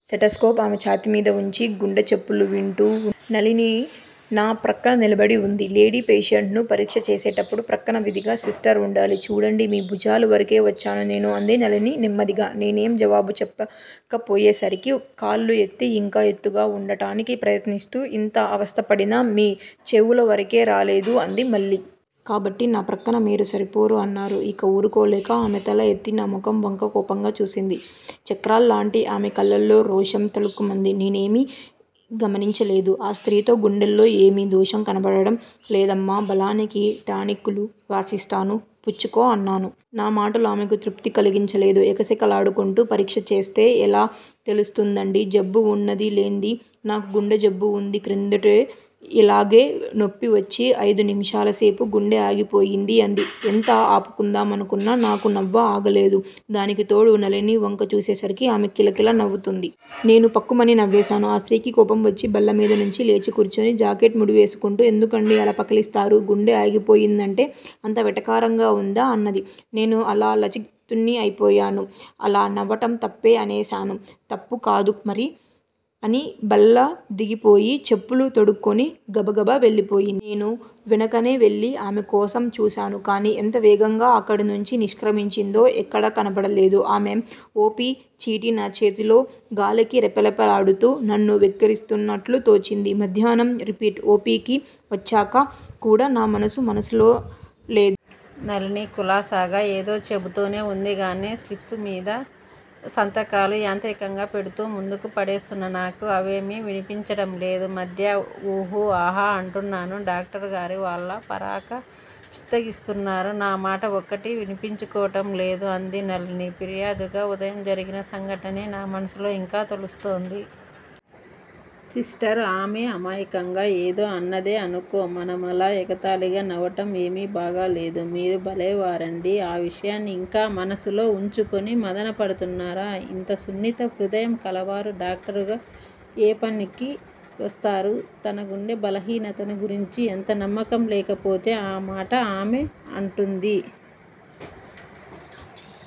Stethoscope ఆమె ఛాతీమీద వుంచి గుండె చప్పుళ్ళు వింటూ వుంటే, నళిని నా ప్రక్కన నిలబడి వుంది. లేడీ పేషెంటును పరీక్ష చేసేటప్పుడు ప్రక్కన విధిగా సిస్టర్ వుండాలి. చూడండి. మీ భుజాల వరకే వచ్చాను నేను అంది నళిని నెమ్మదిగా. నేనేం జవాబు చెప్పకపోయేసరికి, కాళ్ళు ఎత్తి యింకా ఎత్తుగా వుంటానికి ప్రయత్నిస్తూ ఇంత అవస్థపడినా మీ చెవుల వరకైనా రాలేదు అంది మళ్ళీ. కాబట్టి నా ప్రక్కన మీరు సరిపోరు అన్నాను, యిహ ఊరుకోలేక. ఆమె తల ఎత్తి నాముఖం వంక కోపంగా చూసింది. చక్రాల్లాంటి ఆమె కళ్ళలో రోషం తళుక్కుమంది. నేనదేమీ గమనించనట్లు, ఆ స్త్రీతో గుండెలో ఏమీ దోషం కనబడటం లేదమ్మా! బలానికి టానిక్కులు వ్రాసిస్తాను పుచ్చుకో అన్నాను. నా మాటలు ఆమెకు తృప్తికలిగించలేదు. ఎకసక్కాలాడుకుంటూ పరీక్ష చేస్తే ఎలా తెలుస్తుందండీ, జబ్బు వున్నది లేనిదీ, నాకు గుండెజబ్బు వుంది క్రిందటేడు యిలాగే నొప్పివచ్చి అయిదు నిమిషాలసేపు గుండె ఆగిపోయింది అంది. ఎంత ఆపుకుందామానుకున్నా నాకు నవ్వాగలేదు. దానికి తోడు నళిని వంక చూసేసరికి ఆమె కిల కిల నవ్వుతోంది. నేనూ ఫక్కుమని నవ్వేశాను. ఆ స్త్రీకి కోపం వచ్చి బల్లమీద నుంచి లేచికూర్చుని, జాకెట్టు ముడి వేసుకుంటూ ఎందుకండీ అలా పళ్ళికిలిస్తారు? గుండె ఆగిపోయిందంటే అంత వెటకారంగా వుందా? అన్నది. నేను చాలా లజ్జితుణ్నయినాను అలా నవ్వటం తప్పే అనేశాను. తప్పు కాదూ మరి? అని బల్లదిగిపోయి, చెప్పులు తొడుక్కుని, గబ గబ వెళ్ళిపోయింది. నేను వెనకనే వెళ్ళి ఆమె కోసం చూశాను కాని, ఎంత వేగంగా అక్కడి నుంచి నిష్క్రమించిందో, ఎక్కడా కనబడలేదు ఆమె. ఓ. పి. చీటీ నా చేతిలో గాలికి రెపరెపలాడుతూ నన్ను వెక్కిరిస్తున్నట్లు తోచింది. మధ్యాహ్నం రిపీట్ ఓ. పి. కి వచ్చాక కూడా నా మనసు మనసులో లేదు. నళిని కులాసాగా ఏదో చెబుతూనే వుందిగాని స్లిప్స్ మీద సంతకాలు యాంత్రికంగా పెడుతూ ముందుకు పడేస్తున్న నాకు అవేమీ వినిపించటంలేదు. మధ్య 'ఊ, ఆఁ' అంటున్నాను. డాక్టరుగారివాళ పరాకు చిత్తగిస్తున్నారు నా మాట ఒక్కటీ వినిపించుకోవటం లేదు అంది నళిని ఫిర్యాదుగా. ఉదయం జరిగిన సంఘటనే నా మనసులో యింకా తొలుస్తోంది. సిస్టర్! ఆమె అమాయకంగా ఏదో అన్నదే అనుకో, మనమలా ఎగతాళిగా నవ్వటం ఏమీ బాగాలేదు. మీరు బలేవారండీ, ఆ విషయాన్ని యింకా మనసులో వుంచుకుని మధనపడుతున్నారా? ఇంత సున్నిత హృదయం కలవారు డాక్టరుగా ఏం పనికి వస్తారు? తన గుండె బలహీనతను గురించి ఎంత నమ్మకం లేకపోతే ఆ మాట ఆమె అంటుంది?